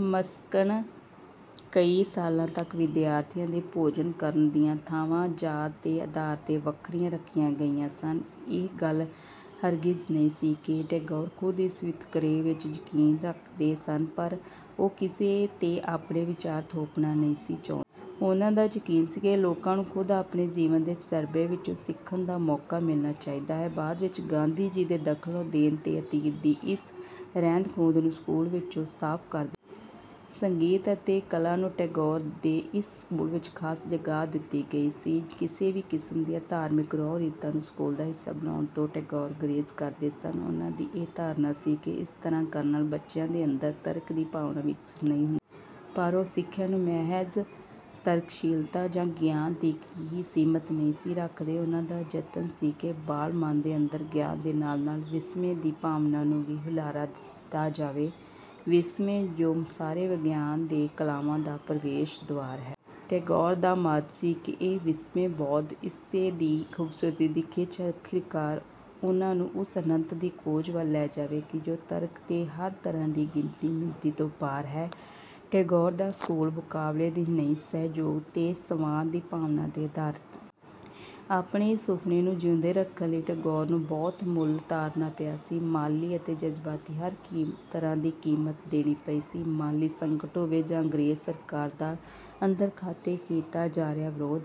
ਮਸਲਣ ਕਈ ਸਾਲਾਂ ਤਕ ਵਿਦਿਆਰਥੀਆਂ ਦੇ ਭੋਜਨ ਕਰਨ ਦੀਆਂ ਥਾਵਾਂ ਜਾਤ ਦੇ ਆਧਾਰ 'ਤੇ ਵੱਖਰੀਆਂ ਰੱਖੀਆਂ ਗਈਆਂ ਸਨ। ਇਹ ਗੱਲ ਹਰਗਿਜ਼ ਨਹੀਂ ਸੀ ਕਿ ਟੈਗੋਰ ਖੁਦ ਇਸ ਵਿਤਕਰੇ ਵਿੱਚ ਯਕੀਨ ਰਕਦੇ ਸਨ ਪਰ ਉਹ ਕਿਸੇ 'ਤੇ ਆਪਣੇ ਵਿਚਾਰ ਥੋਪਣਾ ਨਹੀਂ ਸੀ ਚਾਹੁੰਦੇ। ਉਨ੍ਹਾਂ ਦਾ ਯਕੀਨ ਸੀ ਕਿ ਲੋਕਾਂ ਨੂੰ ਖੁਦ ਆਪਣੇ ਜੀਵਨ ਦੇ ਤਜ਼ਰਬੇ ਵਿੱਚੋਂ ਸਿਖਣ ਦਾ ਮੌਕਾ ਮਿਲਣਾ ਚਾਹੀਦਾ ਹੈ। ਬਾਦ ਵਿੱਚ ਗਾਂਧੀ ਜੀ ਦੇ ਦਖਲ ਦੇਣ 'ਤੇ ਅਤੀਤ ਦੀ ਇਸ ਰਹਿਂਦ-ਖੂਂਹਦ ਨੂੰ ਸਕੂਲ ਵਿੱਚੋਂ ਸਾਫ਼ ਕਰ ਦਿੱਤਾ ਗਿਆ। ਸੰਗੀਤ ਅਤੇ ਕਲਾ ਨੂੰ ਟੈਗੋਰ ਦੇ ਇਸ ਸਕੂਲ ਵਿੱਚ ਖਾਸ ਜਗਾਹ ਦਿੱਤੀ ਗਈ ਸੀ। ਕਿਸੇ ਵੀ ਕਿਸਮ ਦੀਆਂ ਧਾਰਮਿਕ ਰਹੁ-ਰੀਤਾਂ ਨੂੰ ਸਕੂਲ ਦਾ ਹਿੱਸਾ ਬਣਾਉਣ ਤੋਂ ਟੈਗੋਰ ਗੁਰੇਜ਼ ਕਰਦੇ ਸਨ। ਉਹਨਾ ਦੀ ਇਹ ਧਾਰਣਾ ਸੀ ਕਿ ਇਸ ਤਰ੍ਹਾਂ ਕਰਨ ਨਾਲ ਬੱਚਿਆਂ ਦੇ ਅੰਦਰ ਤਰਕ ਦੀ ਭਾਵਨਾ ਵਿਕਸਤ ਨਹੀਂ ਹੁੰਦੀ। ਪਰ ਉਹ ਸਿਖਿਆ ਨੂੰ ਮਹਿਜ਼ ਤਰਕਸ਼ੀਲਤਾ ਜਾਂ ਗਿਆਨ ਤੀਕ ਹੀ ਸੀਮਿਤ ਨਹੀਂ ਸੀ ਰੱਖਦੇ। ਉਨ੍ਹਾਂ ਦਾ ਜਤਨ ਸੀ ਕਿ ਬਾਲ ਮਨ ਦੇ ਅੰਦਰ ਗਿਆਨ ਦੇ ਨਾਲ-ਨਾਲ ਵਿਸਮੈ ਦੀ ਭਾਵਨਾ ਨੂੰ ਵੀ ਹੁਲਾਰਾ ਦਿੱਤਾ ਜਾਵੇ--ਵਿਸਮੈ ਜੋ ਸਾਰੇ ਵਿਗਿਆਨ ਤੇ ਕਲਾਵਾਂ ਦਾ ਪ੍ਰਵੇਸ਼ ਦੁਆਰ ਹੈ। ਟੈਗੋਰ ਦਾ ਮਤ ਸੀ ਕਿ ਇਹੋ ਵਿਸਮੈ-ਬੋਧ, ਇਸੇ ਦੀ ਖੂਬਸੂਰਤੀ ਦੀ ਖਿੱਚ ਆਖਿਰਕਾਰ ਉਨ੍ਹਾਂ ਨੂੰ ਉਸ ਅਨੰਤ ਦੀ ਖੋਜ ਵੱਲ ਲੈ ਜਾਵੇਗੀ ਜੋ ਤਰਕ ਤੇ ਹਰ ਤਰ੍ਹਾਂ ਦੀ ਗਿਣਤੀ-ਮਿਣਤੀ ਤੋਂ ਪਾਰ ਹੈ। ਟੈਗੋਰ ਦਾ ਸਕੂਲ ਮੁਕਾਬਲੇ ਦੀ ਨਹੀਂ, ਸਹਿਯੋਗ ਤੇ ਸੰਵਾਦ ਦੀ ਭਾਵਨਾ 'ਤੇ ਆਧਾਰਿਤ ਸੀ। ਆਪਣੇ ਇਸ ਸੁਫ਼ਨੇ ਨੂੰ ਜਿਉਂਦੇ ਰਖਣ ਲਈ ਟੈਗੋਰ ਨੂੰ ਬਹੁਤ ਮੁੱਲ ਤਾਰਣਾ ਪਿਆ ਸੀ, ਮਾਲੀ ਅਤੇ ਜਜ਼ਬਾਤੀ ਹਰ ਤਰ੍ਹਾਂ ਦੀ ਕੀਮਤ ਦੇਣੀ ਪਈ ਸੀ। ਮਾਲੀ ਸੰਕਟ ਹੋਵੇ ਜਾਂ ਅੰਗਰੇਜ਼ ਸਰਕਾਰ ਦਾ ਅੰਦਰਖਾਤੇ ਕੀਤਾ ਜਾ ਰਿਹਾ ਵਿਰੋਧ,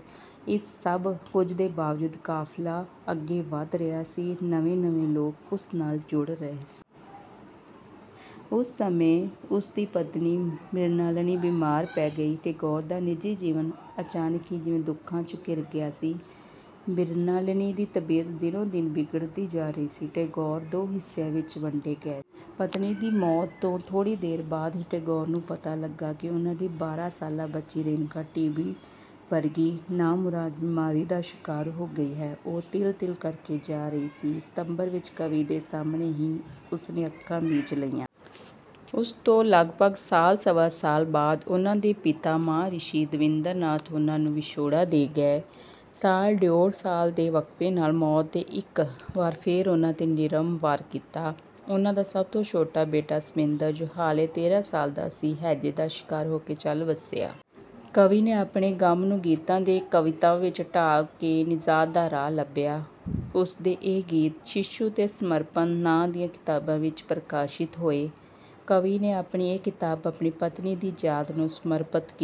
ਇਸ ਸਭ ਕੁਝ ਦੇ ਬਾਵਜੂਦ ਕਾਫ਼ਿਲਾ ਅੱਗੇ ਵਧ ਰਿਹਾ ਸੀ, ਨਵੇਂ-ਨਵੇਂ ਲੋਕ ਉਸ ਨਾਲ ਜੁੜ ਰਹੇ ਸਨ। ਉਸ ਸਮੇਂ ਉਸਦੀ ਪਤਨੀ ਮ੍ਰਿਣਾਲਨੀ ਬੀਮਾਰ ਪੈ ਗਈ। ਟੈਗੋਰ ਦਾ ਨਿਜੀ ਜੀਵਨ ਅਚਾਨਕ ਹੀ ਜਿਵੇਂ ਦੁਖਾਂ 'ਚ ਘਿਰ ਗਿਆ ਸੀ। ਮ੍ਰਿਣਾਲਨੀ ਦੀ ਤਬੀਅਤ ਦਿਨੋ-ਦਿਨ ਬਿਗੜਦੀ ਜਾ ਰਹੀ ਸੀ, ਟੈਗੋਰ ਦੋ ਹਿੱਸਿਆਂ ਵਿੱਚ ਵੰਡੇ ਗਏ ਸਨ। ਪਤਨੀ ਦੀ ਮੌਤ ਤੋਂ ਥੋੜੀ ਦੇਰ ਬਾਦ ਹੀ ਟੈਗੋਰ ਨੂੰ ਪਤਾ ਲਗਿਆ ਕਿ ਉਨ੍ਹਾ ਦੀ ਬਾਰ੍ਹਾਂ ਸਾਲਾ ਬੱਚੀ ਰੇਣੂਕਾ ਟੀ. ਬੀ ਵਰਗੀ ਨਾਮੁਰਾਦ ਬੀਮਾਰੀ ਦਾ ਸ਼ਿਕਾਰ ਹੋ ਗਈ ਹੈ। ਉਹ ਤਿਲ-ਤਿਲ ਕਰਕੇ ਜਾ ਰਹੀ ਸੀ, ਸਿਤੰਬਰ ਵਿੱਚ ਕਵੀ ਦੇ ਸਾਹਮਣੇ ਹੀ ਉਸਨੇ ਅੱਖਾਂ ਮੀਚ ਲਈਆਂ। ਉਸ ਤੋਂ ਲਗਭਗ ਸਾਲ-ਸਵਾ ਸਾਲ ਬਾਦ ਉਨ੍ਹਾਂ ਦੇ ਪਿਤਾ ਮਹਾਰਿਸ਼ੀ ਦੇਵਿੰਦਰਨਾਥ ਉਨ੍ਹਾਂ ਨੂੰ ਵਿਛੋੜਾ ਦੇ ਗਏ। ਸਾਲ-ਡਿਉੜ ਸਾਲ ਦੇ ਵਕਫ਼ੇ ਨਾਲ ਮੌਤ ਨੇ ਇੱਕ ਵਾਰ ਫੇਰ ਉਨ੍ਹਾਂ 'ਤੇ ਨਿਰਮਮ ਵਾਰ ਕੀਤਾ। ਉਨ੍ਹਾਂ ਦਾ ਸਭ ਤੋਂ ਛੋਟਾ ਬੇਟਾ ਸ਼ਮੇਂਦਰ, ਜੋ ਹਾਲੇ ਤੇਰ੍ਹਾਂ ਸਾਲਾਂ ਦਾ ਹੀ ਸੀ, ਹੈਜੇ ਦਾ ਸ਼ਿਕਾਰ ਹੋ ਕੇ ਚਲ ਵਸਿਆ। ਕਵੀ ਨੇ ਆਪਣੇ ਗਮ ਨੂੰ ਗੀਤਾਂ ਤੇ ਕਵਿਤਾਵਾਂ ਵਿੱਚ ਢਾਲ ਕੇ ਨਿਜ਼ਾਤ ਦਾ ਰਾਹ ਲੱਭਿਆ। ਉਸਦੇ ਇਹ ਗੀਤ "ਸ਼ਿਸ਼ੂ" ਤੇ "ਸਮਰਪਣ" ਨਾਂ ਦੀਆਂ ਕਿਤਾਬਾਂ ਵਿੱਚ ਪ੍ਰਕਾਸ਼ਿਤ ਹੋਏ। ਕਵੀ ਨੇ ਆਪਣੀ ਇਹ ਕਿਤਾਬ ਆਪਣੀ ਪਤਨੀ ਦੀ ਯਾਦ ਨੂੰ ਸਮਰਪਿਤ ਕੀਤੀ।